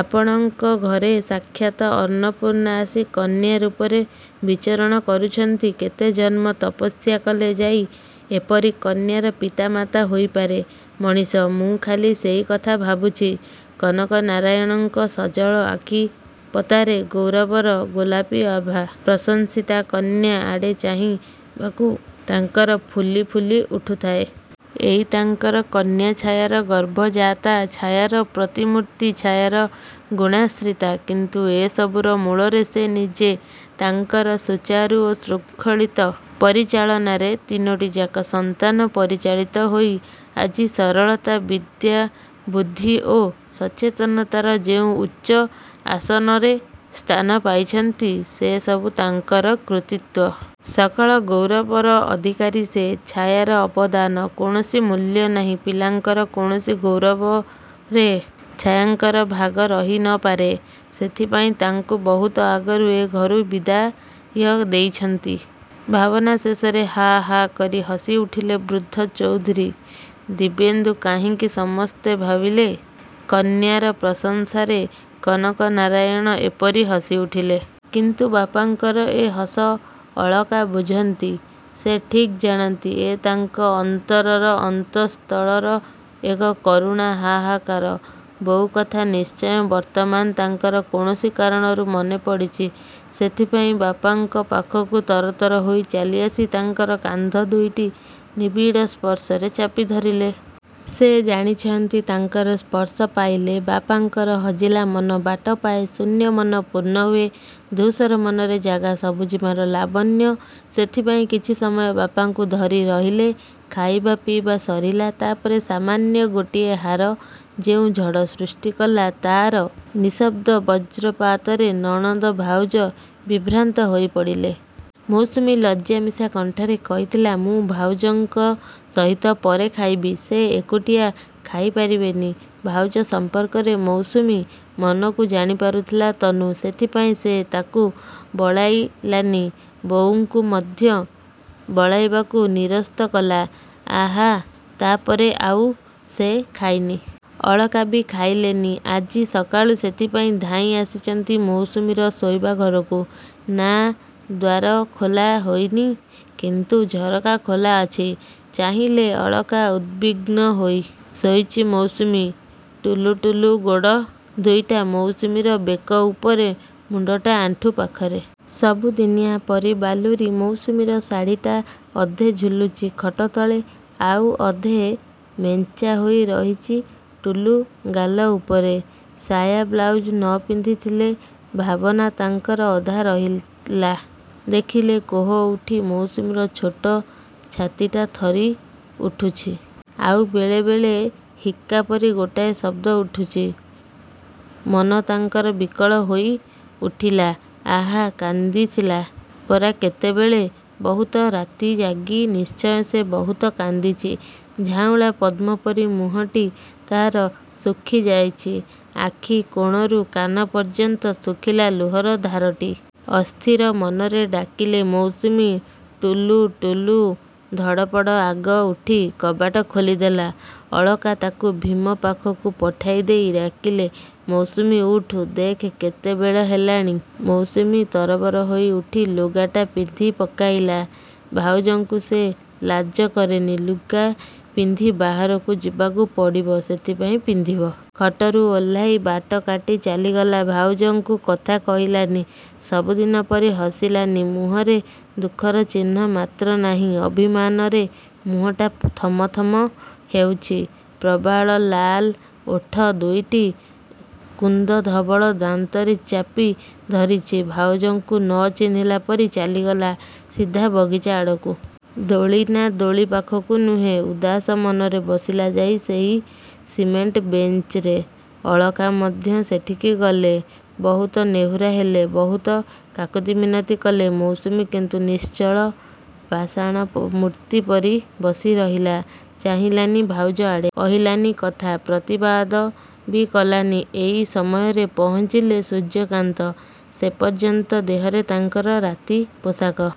ଆପଣଙ୍କ ଘରେ ସାକ୍ଷାତ ଅର୍ଣ୍ଣପୂର୍ଣ୍ଣା ଆସି କନ୍ୟା ରୂପରେ ବିଚରଣ କରୁଛନ୍ତି। କେତେ ଜନ୍ମ ତପସ୍ୟା କଲେ ଯାଇ ଏପରି କନ୍ୟାର ପିତା ମାତା ହୋଇପାରେ ମଣିଷ, ମୁଁ ଖାଲି ସେଇ କଥା ଭାବୁଛି। କନକନାରାୟଣଙ୍କ ସଜଳ ଆଖିପତାରେ ଗୌରବର ଗୋଲାପୀ ଆଭା। ପ୍ରଶଂସୀତା କନ୍ୟା ଆଡ଼େ ଚାହିଁ ବାକୁ ତାଙ୍କର ଫୁଲି ଫୁଲି ଉଠୁଥାଏ। ଏଇ ତାଙ୍କର କନ୍ୟାଛାୟାର ଗର୍ଭ-ଜାତା, ଛାୟାର ପ୍ରତିମୂର୍ତ୍ତି, ଛାୟାର ଗୁଣାଶ୍ରୀତା। କିନ୍ତୁ ଏ ସବୁର ମୂଳରେ ସେ ନିଜେ। ତାଙ୍କର ସୁଚାରୁ ଓ ଶୃଙ୍ଖଳିତ ପରିଚାଳନାରେ ତିନୋଟିଯାକ ସନ୍ତାନ ପରିଚାଳିତ ହୋଇ ଆଜି ସରଳତା, ବିଦ୍ୟା, ବୁଦ୍ଧି ଓ ସଚେତନତାର ଯେଉଁ ଉଚ୍ଚ ଆସନରେ ସ୍ଥାନ ପାଇଛନ୍ତି ସେ ସବୁ ତାଙ୍କର କୃତୀତ୍ୱ। ସକଳ ଗୌରବର ଅଧିକାରୀ ସେ। ଛାୟାର ଅବଦାନ କୌଣସି ମୂଲ୍ୟ ନାହିଁ। ପିଲାଙ୍କର କୌଣସି ଗୌରବରେ ଛାୟାଙ୍କର ଭାଗ ରହିନପାରେ। ସେଥିପାଇଁ ତାଙ୍କୁ ବହୁତ ଆଗରୁ ଏ ଘରୁ ବିଦାୟ ଦେଇଛନ୍ତି। ଭାବନା ଶେଷରେ ହାଃ, ହାଃ, କରି ହସିଉଠିଲେ ବୃଦ୍ଧ ଚୌଧୁରୀ। ଦିବ୍ୟେନ୍ଦୁ କାହିଁକି, ସମସ୍ତେ ଭାବିଲେ କନ୍ୟାର ପ୍ରଶଂସାରେ କନକନାରାୟଣ ଏପରି ହସିଉଠିଲେ। କିନ୍ତୁ ବାପାଙ୍କର ଏ ହସ ଅଳକା ବୁଝନ୍ତି। ସେ ଠିକ୍ ଜାଣନ୍ତି, ଏ ତାଙ୍କ ଅନ୍ତରର ଅନ୍ତଃସ୍ଥଳର ଏକ କରୁଣା ହାହାକାର। ବୋଉ କଥା ନିଶ୍ଚୟ ବର୍ତ୍ତମାନ ତାଙ୍କର କୌଣସି କାରଣରୁ ମନେପଡ଼ିଚି। ସେଥିପାଇଁ ବାପାଙ୍କ ପାଖକୁ ତରତର ହୋଇ ଚାଲିଆସି ତାଙ୍କର କାନ୍ଧ ଦୁଇଟି ନିବିଡ଼ ସ୍ପର୍ଶରେ ଚାପି ଧରିଲେ। ସେ ଜାଣିଛନ୍ତି ତାଙ୍କର ସ୍ପର୍ଶ ପାଇଲେ ବାପାଙ୍କର ହଜିଲା ମନ ବାଟ ପାଏ, ଶୂନ୍ୟ ମନ ପୂର୍ଣ୍ଣ ହୁଏ, ଧୁସର ମନରେ ଜାଗା ସବୁଜିମାର ଲାବଣ୍ୟ। ସେଥିପାଇଁ କିଛି ସମୟ ବାପାଙ୍କୁ ଧରି ରହିଲେ। ଖାଇବା ପିଇବା ସରିଲା। ତା' ପରେ ସାମାନ୍ୟ ଗୋଟିଏ ହାର ଯେଉଁ ଝଡ଼ ସୃଷ୍ଟି କଲା ତା'ର ନିଃଶବ୍ଦ ବଜ୍ରପାତରେ ନଣନ୍ଦ ଭାଉଜ ବିଭ୍ରାନ୍ତ ହୋଇପଡ଼ିଲେ। ମୌସୁମୀ ଲଜ୍ଜା ମିଶା କଣ୍ଠରେ କହିଥିଲା ମୁଁ ଭାଉଜଙ୍କ ସହିତ ପରେ ଖାଇବି। ସେ ଏକୁଟିଆ ଖାଇପାରିବେନି। ଭାଉଜ ସମ୍ପର୍କରେ ମୌସୁମୀ ମନକୁ ଜାଣିପାରୁଥିଲା ତନୁ। ସେଥିପାଇଁ ସେ ତାକୁ ବଳାଇଲାନି। ବୋଉଙ୍କୁ ମଧ୍ୟ ବଳାଇବାକୁ ନିରସ୍ତ କଲା। ଆହା ତା' ପରେ ଆଉ ସେ ଖାଇନି। ଅଳକା ବି ଖାଇଲେନି। ଆଜି ସକାଳୁ ସେଥିପାଇଁ ଧାଇଁ ଆସିଛନ୍ତି ମୌସୁମୀର ଶୋଇବା ଘରକୁ। ନାଁ, ଦ୍ୱାର ଖୋଲା ହୋଇନି କିନ୍ତୁ ଝରକା ଖୋଲା ଅଛି। ଚାହିଁଲେ ଅଳକା ଉଦ୍‌ବିଗ୍ନ ହୋଇ। ଶୋଇଛି ମୌସୁମୀ। ଟୁଲୁ-ଟୁଲୁ ଗୋଡ଼ ଦୁଇଟା ମୌସୁମୀର ବେକ ଉପରେ, ମୁଣ୍ଡଟା ଆଣ୍ଠୁ ପାଖରେ। ସବୁଦିନିଆ ପରି ବାଲୁରୀ ମୌସୁମୀର ଶାଢ଼ିଟା ଅଧେ ଝୁଲୁଛି ଖଟ ତଳେ, ଆଉ ଅଧେ ମେଞ୍ଚା ହୋଇ ରହିଛି ଟୁଲୁ ଗାଲ ଉପରେ। ସାୟା ବ୍ଳାଉଜ ନ ପିନ୍ଧି ଥିଲେ ଭାବନା ତାଙ୍କର ଅଧା ରହିଲା। ଦେଖିଲେ କୋହ ଉଠି ମୌସୁମୀର ଛୋଟ ଛାତିଟା ଥରି ଉଠୁଛି। ଆଉ ବେଳେ ବେଳେ ହିକ୍କା ପରି ଗୋଟାଏ ଶବ୍ଦ ଉଠୁଛି। ମନ ତାଙ୍କର ବିକଳ ହୋଇ ଉଠିଲା। ଆହା କାନ୍ଦିଥିଲା ପରା କେତେବେଳେ। ବହୁତ ରାତି ଜାଗି ନିଶ୍ଚୟ ସେ ବହୁତ କାନ୍ଦିଛି। ଝାଉଁଳା ପଦ୍ମ ପରି ମୁହଁଟି ତା'ର ଶୁଖି ଯାଇଛି। ଆଖି କୋଣରୁ କାନ ପର୍ଯ୍ୟନ୍ତ ଶୁଖିଲା ଲୁହର ଧାରଟି। ଅସ୍ଥିର ମନରେ ଡାକିଲେ ମୌସୁମୀ, ଟୁଲୁ-ଟୁଲୁ ଧଡ଼ପଡ଼ ଆଗ ଉଠି କବାଟ ଖୋଲିଦେଲା। ଅଳକା ତାକୁ ଭୀମ ପାଖକୁ ପଠାଇଦେଇ ଡାକିଲେ ମୌସୁମୀ ଉଠ୍, ଦେଖ୍ କେତେବେଳ ହେଲାଣି। ମୌସୁମୀ ତରବର ହୋଇ ଉଠି ଲୁଗାଟା ପିନ୍ଧି ପକାଇଲା। ଭାଉଜଙ୍କୁ ସେ ଲାଜ କରେନି। ଲୁଗା ପିନ୍ଧି ବାହାରକୁ ଯିବାକୁ ପଡ଼ିବ ସେଥିପାଇଁ ପିନ୍ଧିବ। ଖଟରୁ ଓହ୍ଲାଇ ବାଟ କାଟି ଚାଲିଗଲା। ଭାଉଜଙ୍କୁ କଥା କହିଲାନି, ସବୁଦିନ ପରି ହସିଲାନି। ମୁହଁରେ ଦୁଃଖର ଚିହ୍ନ ମାତ୍ର ନାହିଁ। ଅଭିମାନରେ ମୁହଁଟା ଥମଥମ ହେଉଛି। ପ୍ରବାଳ ଲାଲ ଓଠ ଦୁଇଟି କୁନ୍ଦଧବଳ ଦାନ୍ତରେ ଚାପି ଧରିଛି। ଭାଉଜଙ୍କୁ ନ ଚିହ୍ନିଲା ପରି ଚାଲିଗଲା ସିଧା ବଗିଚା ଆଡ଼କୁ। ଦୋଳି? ନା, ଦୋଳି ପାଖକୁ ନୁହେଁ। ଉଦାସ ମନରେ ବସିଲା ଯାଇ ସେହି ସିମେଣ୍ଟ ବେଞ୍ଚରେ। ଅଳକା ମଧ୍ୟ ସେଠିକି ଗଲେ। ବହୁତ ନେହୁରା ହେଲେ, ବହୁତ କାକୁତି ମିନତି କଲେ। ମୌସୁମୀ କିନ୍ତୁ ନିଶ୍ଚଳ ପାଷାଣ ମୂର୍ତ୍ତି ପରି ବସି ରହିଲା। ଚାହିଁଲାନି ଭାଉଜ ଆଡ଼େ। କହିଲାନି କଥା, ପ୍ରତିବାଦ ବି କଲାନି। ଏଇ ସମୟରେ ପହଞ୍ଚିଲେ ସୂର୍ଯ୍ୟକାନ୍ତ। ସେପର୍ଯ୍ୟନ୍ତ ଦେହରେ ତାଙ୍କର ରାତି ପୋଷାକ।